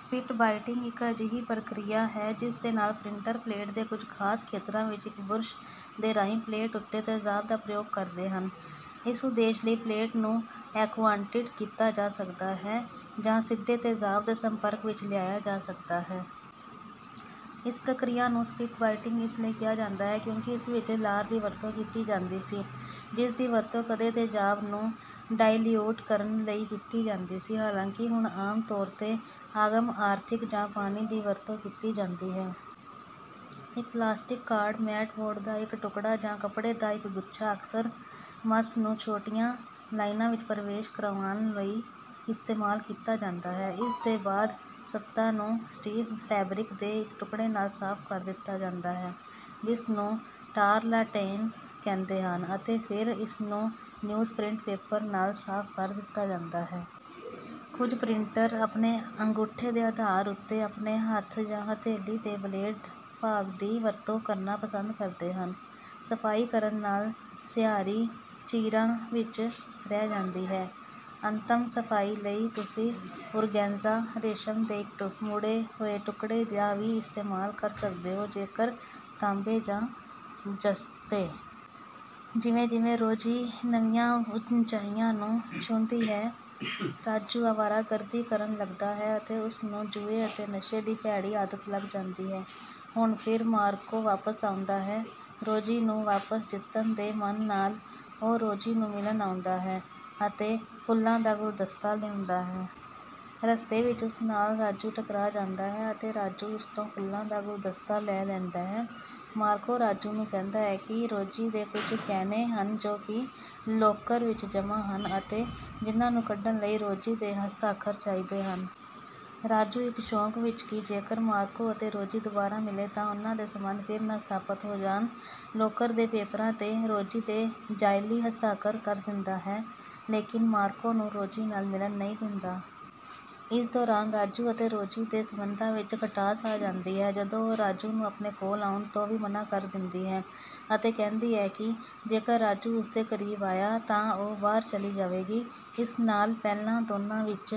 Spit biting ਇੱਕ ਅਜਿਹੀ ਪ੍ਰਕਿਰਿਆ ਹੈ, ਜਿਸਦੇ ਨਾਲ ਪ੍ਰਿੰਟਰ ਪਲੇਟ ਦੇ ਕੁਝ ਖਾਸ ਖੇਤਰਾਂ ਵਿੱਚ ਇੱਕ ਬੁਰਸ਼ ਦੇ ਰਾਹੀਂ ਪਲੇਟ ਉੱਤੇ ਤੇਜ਼ਾਬ ਦਾ ਪ੍ਰਯੋਗ ਕਰਦੇ ਹਨ। ਇਸ ਉਦੇਸ਼ ਲਈ ਪਲੇਟ ਨੂੰ ਐਕੁਆਟਿੰਟ ਕੀਤਾ ਜਾ ਸਕਦਾ ਹੈ, ਜਾਂ ਸਿੱਧੇ ਤੇਜ਼ਾਬ ਦੇ ਸੰਪਰਕ ਵਿੱਚ ਲਿਆਇਆ ਜਾ ਸਕਦਾ ਹੈ। ਇਸ ਪ੍ਰਕਿਰਿਆ ਨੂੰ ਸਪਿਟ-ਬਾਇਟਿੰਗ ਇਸ ਲਈ ਕਿਹਾ ਜਾਂਦਾ ਹੈ, ਕਿਉਂਕਿ ਇਸ ਵਿੱਚ ਲਾਰ ਦੀ ਵਰਤੋਂ ਕੀਤੀ ਜਾਂਦੀ ਸੀ, ਜਿਸਦੀ ਵਰਤੋਂ ਕਦੇ ਤੇਜ਼ਾਬ ਨੂੰ ਡਾਇਲਿਊਟ ਕਰਨ ਲਈ ਕੀਤੀ ਜਾਂਦੀ ਸੀ, ਹਾਲਾਂਕਿ ਹੁਣ ਆਮ ਤੌਰ 'ਤੇ ਆਗਮ ਆਰਥਿਕ ਜਾਂ ਪਾਣੀ ਦੀ ਵਰਤੋਂ ਕੀਤੀ ਜਾਂਦੀ ਹੈ। ਇੱਕ ਪਲਾਸਟਿਕ ਕਾਰਡ, ਮੈਟ ਬੋਰਡ ਦਾ ਇੱਕ ਟੁਕੜਾ, ਜਾਂ ਕੱਪੜੇ ਦਾ ਇੱਕ ਗੁੱਛਾ ਅਕਸਰ ਮੱਸ ਨੂੰ ਛੋਟੀਆਂ ਲਾਈਨਾਂ ਵਿੱਚ ਪ੍ਰਵੇਸ਼ ਕਰਾਉਣ ਲਈ ਇਸਤੇਮਾਲ ਕੀਤਾ ਜਾਂਦਾ ਹੈ। ਇਸਦੇ ਬਾਅਦ ਸਤ੍ਹਾ ਨੂੰ ਸਟੀਫ ਫੈਬਰਿਕ ਦੇ ਇੱਕ ਟੁਕੜੇ ਨਾਲ ਸਾਫ਼ ਕਰ ਦਿੱਤਾ ਜਾਂਦਾ ਹੈ, ਜਿਸਨੂੰ ਟਾਰਲਾਟੈਨ ਕਹਿੰਦੇ ਹਨ, ਅਤੇ ਫਿਰ ਇਸਨੂੰ ਨਿਊਜ਼ਪ੍ਰਿੰਟ ਪੇਪਰ ਨਾਲ ਸਾਫ਼ ਕਰ ਦਿੱਤਾ ਜਾਂਦਾ ਹੈ। ਕੁਝ ਪ੍ਰਿੰਟਰ ਆਪਣੇ ਅੰਗੂਠੇ ਦੇ ਆਧਾਰ ਉੱਤੇ, ਆਪਣੇ ਹੱਥ ਜਾਂ ਹਥੇਲੀ ਦੇ ਬਲੇਡ ਭਾਗ ਦੀ ਵਰਤੋਂ ਕਰਨਾ ਪਸੰਦ ਕਰਦੇ ਹਨ। ਸਫਾਈ ਕਰਨ ਨਾਲ ਸਿਆਰੀ ਚੀਰਾਂ ਵਿੱਚ ਰਹਿ ਜਾਂਦੀ ਹੈ। ਅੰਤਮ ਸਫਾਈ ਲਈ ਤੁਸੀਂ ਓਰਗੈਂਜਾ ਰੇਸ਼ਮ ਦੇ ਇੱਕ ਮੁੜੇ ਹੋਏ ਟੁਕੜੇ ਦਾ ਵੀ ਇਸਤੇਮਾਲ ਕਰ ਸਕਦੇ ਹੋ, ਜੇਕਰ ਤਾਂਬੇ ਜਾਂ ਜ਼ਸਤੇ। ਜਿਵੇਂ-ਜਿਵੇਂ ਰੋਜੀ ਨਵੀਆਂ ਉੱਚਾਈਆਂ ਨੂੰ ਛੂਹਦੀ ਹੈ, ਰਾਜੂ ਆਵਾਰਾਗਰਦੀ ਕਰਨ ਲੱਗਦਾ ਹੈ ਅਤੇ ਉਸਨੂੰ ਜੂਏ ਅਤੇ ਨਸ਼ੇ ਦੀ ਭੈੜੀ ਆਦਤ ਲੱਗ ਜਾਂਦੀ ਹੈ। ਹੁਣ ਫਿਰ ਮਾਰਕੋ ਵਾਪਸ ਆਉਂਦਾ ਹੈ। ਰੋਜੀ ਨੂੰ ਵਾਪਸ ਜਿੱਤਣ ਦੇ ਮਨ ਨਾਲ, ਉਹ ਰੋਜੀ ਨੂੰ ਮਿਲਣ ਆਉਂਦਾ ਹੈ ਅਤੇ ਫੁੱਲਾਂ ਦਾ ਗੁਲਦਸਤਾ ਲਿਆਉਂਦਾ ਹੈ। ਰਸਤੇ ਵਿੱਚ ਉਸ ਨਾਲ ਰਾਜੂ ਟਕਰਾ ਜਾਂਦਾ ਹੈ ਅਤੇ ਰਾਜੂ ਉਸ ਤੋਂ ਫੁੱਲਾਂ ਦਾ ਗੁਲਦਸਤਾ ਲੈ ਲੈਂਦਾ ਹੈ। ਮਾਰਕੋ ਰਾਜੂ ਨੂੰ ਕਹਿੰਦਾ ਹੈ ਕਿ ਰੋਜੀ ਦੇ ਕੁਝ ਗਹਿਣੇ ਹਨ ਜੋ ਇੱਕ ਲੋਕਰ ਵਿੱਚ ਜਮ੍ਹਾਂ ਹਨ ਅਤੇ ਜਿਨ੍ਹਾਂ ਨੂੰ ਕੱਢਣ ਲਈ ਰੋਜੀ ਦੇ ਹਸਤਾਖਰ ਚਾਹੀਦੇ ਹਨ। ਰਾਜੂ, ਇਸ ਸ਼ੌਂਕ ਵਿੱਚ ਕਿ ਜੇਕਰ ਮਾਰਕੋ ਅਤੇ ਰੋਜੀ ਦੁਬਾਰਾ ਮਿਲੇ ਤਾਂ ਉਨ੍ਹਾਂ ਦੇ ਸਬੰਧ ਫਿਰ ਨਾ ਸਥਾਪਤ ਹੋ ਜਾਣ, ਲੋਕਰ ਦੇ ਪੇਪਰਾਂ 'ਤੇ ਰੋਜੀ ਦੇ ਜਾਅਲੀ ਹਸਤਾਖਰ ਕਰ ਦਿੰਦਾ ਹੈ, ਲੇਕਿਨ ਮਾਰਕੋ ਨੂੰ ਰੋਜੀ ਨਾਲ ਮਿਲਣ ਨਹੀਂ ਦਿੰਦਾ। ਇਸ ਦੌਰਾਨ ਰਾਜੂ ਅਤੇ ਰੋਜੀ ਦੇ ਸਬੰਧਾਂ ਵਿੱਚ ਖਟਾਸ ਆ ਜਾਂਦੀ ਹੈ, ਜਦੋਂ ਉਹ ਰਾਜੂ ਨੂੰ ਆਪਣੇ ਕੋਲ ਆਉਣ ਤੋਂ ਵੀ ਮਨਾ ਕਰ ਦਿੰਦੀ ਹੈ ਅਤੇ ਕਹਿੰਦੀ ਹੈ ਕਿ ਜੇਕਰ ਰਾਜੂ ਉਸਦੇ ਕਰੀਬ ਆਇਆ ਤਾਂ ਉਹ ਬਾਹਰ ਚਲੀ ਜਾਵੇਗੀ। ਇਸ ਨਾਲ ਪਹਿਲਾਂ ਦੋਨਾਂ ਵਿੱਚ